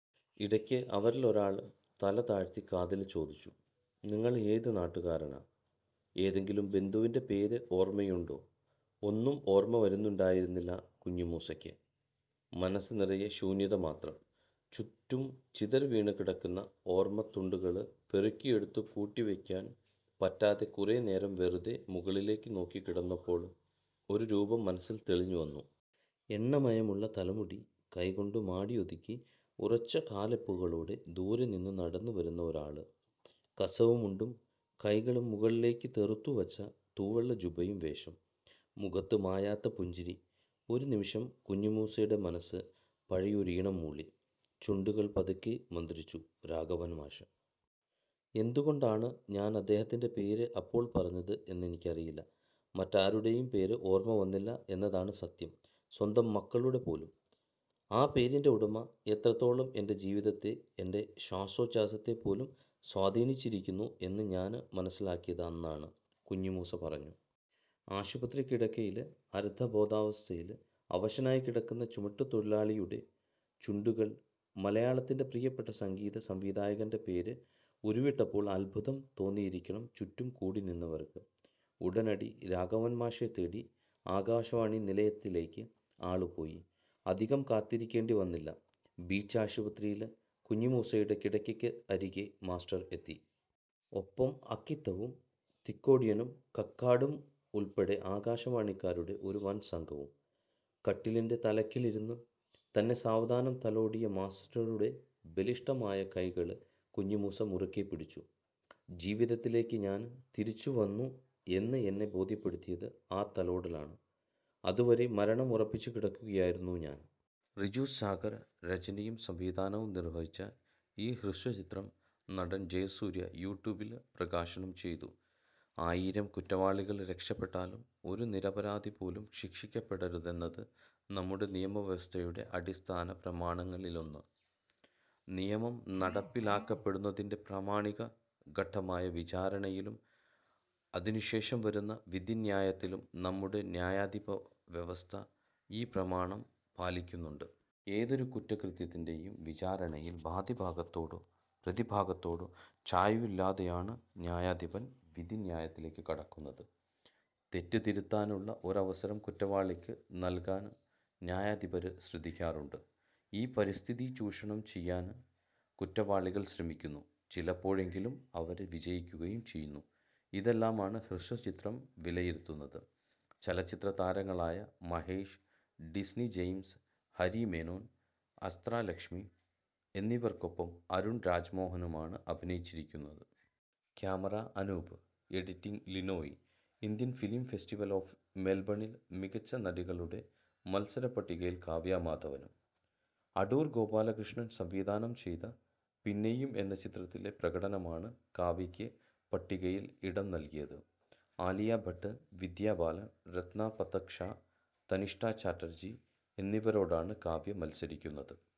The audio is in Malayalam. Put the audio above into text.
ഇടയ്ക്ക് അവരില് ഒരാള് തലതാഴ്ത്തി കാതില് ചോദിച്ചു:''നിങ്ങള് ഏതു നാട്ടുകാരനാ. ഏതെങ്കിലും ബന്ധുവിന്റെ പേര് ഓര്മ്മയുണ്ടോ. '' ഒന്നും ഓര്മ്മ വരുന്നുണ്ടായിരുന്നില്ല കുഞ്ഞിമൂസയ്ക്ക്. മനസ്സ് നിറയെ ശൂന്യത മാത്രം. ചുറ്റും ചിതറിവീണുകിടന്ന ഓര്മ്മത്തുണ്ടുകള് പെറുക്കിയെടുത്തു കൂട്ടിവെക്കാന് പറ്റാതെ കുറെ നേരം വെറുതെ മുകളിലേക്ക് നോക്കിക്കിടന്നപ്പോള് ഒരു രൂപം മനസ്സില് തെളിഞ്ഞുവന്നു. എണ്ണമയമുള്ള തലമുടി കൈകൊണ്ടു മാടിയൊതുക്കി ഉറച്ച കാല്വെപ്പുകളോടെ ദൂരെ നിന്ന് നടന്നു വരുന്ന ഒരാള്. കസവു മുണ്ടും കൈകള് മുകളിലേക്ക് തെറുത്തുവച്ച തൂവെള്ള ജൂബയും വേഷം. മുഖത്ത് മായാത്ത പുഞ്ചിരി. ഒരു നിമിഷം കുഞ്ഞിമൂസയുടെ മനസ്സ് പഴയൊരീണം മൂളി. ചുണ്ടുകള് പതുക്കെ മന്ത്രിച്ചു രാഘവന് മാഷ്. ''എന്ത് കൊണ്ടാണ് ഞാന് അദ്ദേഹത്തിന്റെ പേര് അപ്പോള് പറഞ്ഞത് എന്നെനിക്കറിയില്ല. മറ്റാരുടെയും പേര് ഓര്മ്മ വന്നില്ല എന്നതാണ് സത്യം സ്വന്തം മക്കളുടെ പോലും. ആ പേരിന്റെ ഉടമ എത്രത്തോളം എന്റെ ജീവിതത്തെ, എന്റെ ശ്വാസോഛ്വാസത്തെ പോലും സ്വാധീനിച്ചിരിക്കുന്നു എന്ന് ഞാന് മനസ്സിലാക്കിയത് അന്നാണ്. '' കുഞ്ഞിമൂസ പറഞ്ഞു. ആശുപത്രിക്കിടക്കയില് അര്ദ്ധബോധാവസ്ഥയില് അവശനായി കിടക്കുന്ന ചുമട്ടു തൊഴിലാളിയുടെ ചുണ്ടുകള് മലയാളത്തിന്റെ പ്രിയപ്പെട്ട സംഗീത സംവിധായകന്റെ പേര് ഉരുവിട്ടപ്പോള് അത്ഭുതം തോന്നിയിരിക്കണം ചുറ്റും കൂടിനിന്നവര്ക്ക്. ഉടനടി രാഘവന് മാഷെ തേടി ആകാശവാണി നിലയത്തിലേക്ക് ആളു പോയി. അധികം കാത്തിരിക്കേണ്ടി വന്നില്ല. ബീച്ചാശുപത്രിയില് കുഞ്ഞിമൂസയുടെ കിടക്കയ്ക്ക് അരികെ മാസ്റ്റര് എത്തി. ഒപ്പം അക്കിത്തവും തിക്കോടിയനും കക്കാടും ഉള്പ്പെടെ ആകാശവാണിക്കാരുടെ ഒരു വന് സംഘവും. കട്ടിലിന്റെ തലയ്ക്കലിരുന്നു തന്നെ സാവധാനം തലോടിയ മാസ്റ്ററുടെ ബലിഷ്ടമായ കൈകള് കുഞ്ഞിമൂസ മുറുക്കെ പിടിച്ചു. ''ജീവിതത്തിലേക്ക് ഞാന് തിരിച്ചു വന്നു എന്ന് എന്നെ ബോധ്യപ്പെടുത്തിയത് ആ തലോടലാണ്. അതുവരെ മരണം ഉറപ്പിച്ചു കിടക്കുകയായിരുന്നു ഞാന്. റിജു സാഗര് രചനയും സംവിധാനവും നിര്വഹിച്ച ഈ ഹ്രസ്വചിത്രം നടന് ജയസൂര്യ യൂട്യൂബില് പ്രകാശനം ചെയ്തു. ആയിരം കുറ്റവാളികള് രക്ഷപ്പെട്ടാലും ഒരു നിരപരാധി പോലും ശിക്ഷിക്കപ്പെടരുതെന്നത് നമ്മുടെ നിയമ വ്യവസ്ഥയുടെ അടിസ്ഥാന പ്രമാണങ്ങളിലൊന്ന്. നിയമം നടപ്പിലാക്കപ്പെടുന്നതിന്റെ പ്രാമാണിക ഘട്ടമായ വിചാരണയിലും അതിനുശേഷം വരുന്ന വിധിന്യായത്തിലും നമ്മുടെ ന്യായാധിപ വ്യവസ്ഥ ഈ പ്രമാണം പാലിക്കുന്നുണ്ട്. ഏതൊരു കുറ്റകൃത്യത്തിന്റെയും വിചാരണയിൽ വാദിഭാഗത്തോടോ പ്രതിഭാഗത്തോടോ ചായ്വില്ലാതെയാണ് ന്യായാധിപന് വിധിന്യായത്തിലേക്ക് കടക്കുന്നത്. തെറ്റ് തിരുത്താനുള്ള ഒരവസരം കുറ്റവാളിക്ക് നല്കാന് ന്യായാധിപര് ശ്രദ്ധിക്കാറുണ്ട്. ഈ പരിതസ്ഥിതി ചൂഷണം ചെയ്യാന് കുറ്റവാളികൾ ശ്രമിക്കുന്നു. ചിലപ്പോഴെങ്കിലും അവര് വിജയിക്കുകയും ചെയ്യുന്നു. ഇതെല്ലാമാണ് ഹ്രസ്വചിത്രം വിലയിരുത്തുന്നത്. ചലച്ചിത്രതാരങ്ങളായ Mahesh, Disney James, Hari Menon, Astra Lakshmi, എന്നിവര്ക്കൊപ്പം Arun രാജ്മോഹനുമാണ് അഭിനയിച്ചിരിക്കുന്നത്. ക്യാമറ:അനൂപ്, എഡിറ്റിങ്:ലിനോയ്. Indian film festival of മെല്ബണില് മികച്ച നടികളുടെ മത്സര പട്ടികയില് കാവ്യ മാധവനും. അടൂര് ഗോപാലകൃഷ്ണന് സംവിധാനം ചെയ്ത പിന്നെയും എന്ന ചിത്രത്തിലെ പ്രകടനമാണ് കാവ്യയ്ക്ക് പട്ടികയില് ഇടം നല്കിയത്. ആലിയ ഭട്ട്, വിദ്യാ ബാലന്, റത്ന പഥക് ഷാ, തനിഷ്ഠ ചാറ്റര്ജി എന്നിവരോടാണ് കാവ്യ മത്സരിക്കുന്നത്.